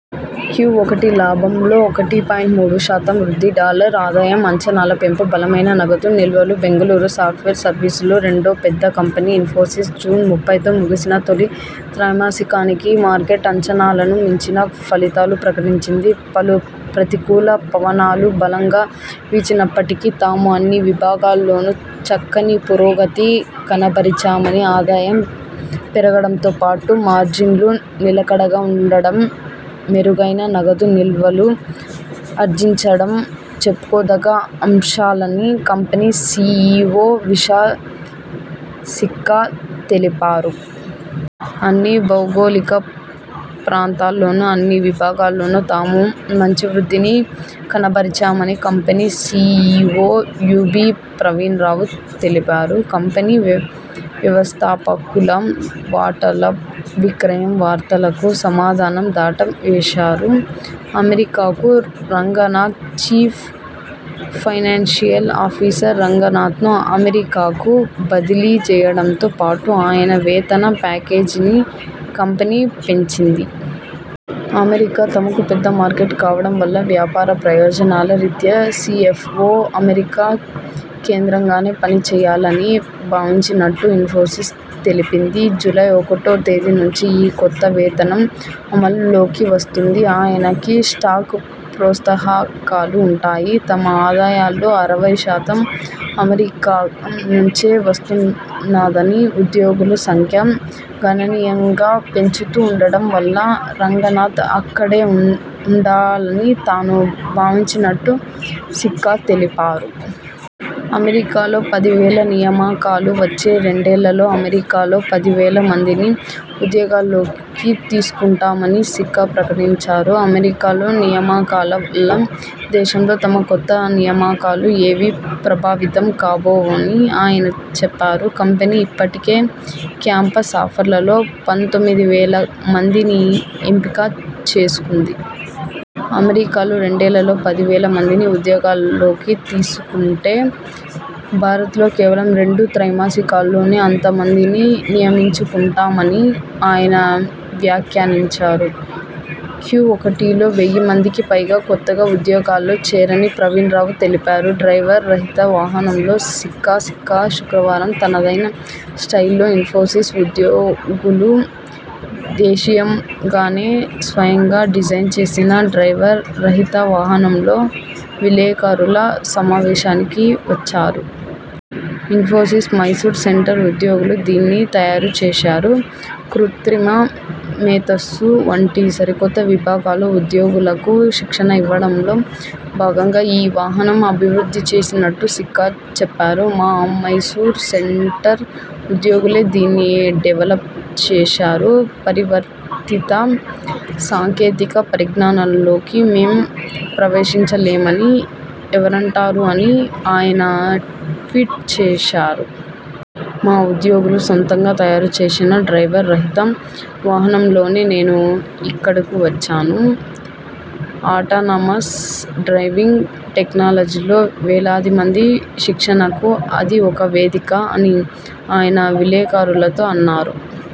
క్యుఒకటి లాభంలో ఒకటి పాయింట్ మూడు శాతం వృద్ధి డాలర్ ఆదాయం అంచనాల పెంపు బలమైన నగదు నిల్వలు బెంగళూరు సాఫ్ట్వేర్ సర్వీసుల్లో రెండో పెద్ద కంపెనీ ఇన్ఫోసిస్ జూన్ ముప్పైతో ముగిసిన తొలి త్రైమాసికానికి మార్కెట్ అంచనాలను మించిన ఫలితాలు ప్రకటించింది. పలు ప్రతికూల పవనాలు బలంగా వీచినప్పటికీ తాము అన్ని విభాగాల్లోనూ చక్కని పురోగతి కనబరిచామని, ఆదాయం పెరగడంతోపాటు, మార్జిన్లు నిలకడగా ఉండడం, మెరుగైన నగదు నిల్వలు ఆర్జించడం చెప్పుకో దగ్గ అంశాలని కంపెనీ సిఇఒ విశాల్ సిక్కా తెలిపారు. అన్ని భౌగోళిక ప్రాంతాల్లోను, అన్ని విభాగాల్లోను తాము మంచి వృద్ధిని కనబరిచామని company CEO UB Pravin Rao తెలిపారు. కంపెనీ వ్యవ వ్యవస్థాపకుల వాటాల విక్రయం వార్తలకు సమాధానం దాటవేశారు. అమెరికాకు రంగనాథ్ చీఫ్ ఫైనాన్షియల్ ఆఫీసర్ రంగనాథ్ను అమెరికాకు బదిలీ చేయడంతో పాటు ఆయన వేతన ప్యాకేజీని కంపెనీ పెంచింది. అమెరికా తమకు పెద్ద మార్కెట్ కావడం వల్ల వ్యాపార ప్రయోజనాల రీత్యా సిఎ్ఫఒ అమెరికా కేంద్రంగానే పని చేయాలని భావించినట్టు ఇన్ఫోసిస్ తెలిపింది. జూలై ఒకటో తేదీ నుంచి ఈ కొత్త వేతనం అమలులోకి వస్తుంది. ఆయనకి స్టాక్ ప్రోత్సాహకాలు ఉంటాయి. తమ ఆదాయాల్లో అరవై శాతం అమెరికా నుంచే వస్తున్నదని, ఉద్యోగుల సంఖ్య గణనీయంగా పెంచుతూ ఉండడం వల్ల రంగనాథ్ అక్కడే ఉండాలని తాను భావించినట్టు సిక్కా తెలిపారు. అమెరికాలో పది వేల నియామకాలు వచ్చే రెండేళ్లలో అమెరికాలో పది వేల మందిని ఉద్యోగాల్లోకి తీసుకుంటామని సిక్కా ప్రకటించారు. అమెరికాలో నియామకాల వల్ల దేశంలో తమ కొత్త నియామకాలు ఏవీ ప్రభావితం కాబోవని ఆయన చెప్పారు. కంపెనీ ఇప్పటికే క్యాంపస్ ఆఫర్లలో పంతొమ్మిది వేల మందిని ఎంపిక చేసుకుంది. అమెరికాలో రెండేళ్ళలో పది వేల మందిని ఉద్యోగాల్లోకి తీసుకుంటే భారత్లో కేవలం రెండు త్రైమాసికాల్లోనే అంతమందిని నియమించుకుంటామని ఆయన వ్యాఖ్యానించారు. క్యుఒకటిలో వెయ్యి మందికి పైగా కొత్తగా ఉద్యోగాల్లో చేరారి ప్రవీణ్ రావు తెలిపారు. డ్రైవర్ రహిత వాహనంలో సిక్కా సిక్కా శుక్రవారం తనదైన స్టైల్లో ఇన్ఫోసిస్ ఉద్యోగులు దేశీయంగానే స్వయంగా డిజైన్ చేసిన డ్రైవర్ రహిత వాహనంలో విలేకరుల సమావేశానికి వచ్చారు. ఇన్ఫోసిస్ మైసూర్ సెంటర్ ఉద్యోగులు దీన్ని తయారుచేశారు. కృత్రిమ మేథస్సు వంటి సరికొత్త విభాగాల్లో ఉద్యోగులకు శిక్షణ ఇవ్వడంలో భాగంగా ఈ వాహనం అభివృద్ధి చేసినట్టు సిక్కా చెప్పారు. ''మా మైసూరు సెంటర్ ఉద్యోగులే దీన్ని డెవలప్ చేశారు. పరివర్తిత సాంకేతిక పరిజ్ఞానాల్లోకి మేం ప్రవేశించలేమని ఎవరంటారు'' అని ఆయన ట్వీట్ చేశారు. ''మా ఉద్యోగులు సొంతంగా తయారుచేసిన డ్రైవర్ రహిత వాహనంలోనే నేను ఇక్కడకు వచ్చాను, అటానమస్ డ్రైవింగ్ టెక్నాలజీల్లో వేలాది మంది శిక్షణకు అది ఒక వేదిక'' అని ఆయన విలేకరులతో అన్నారు.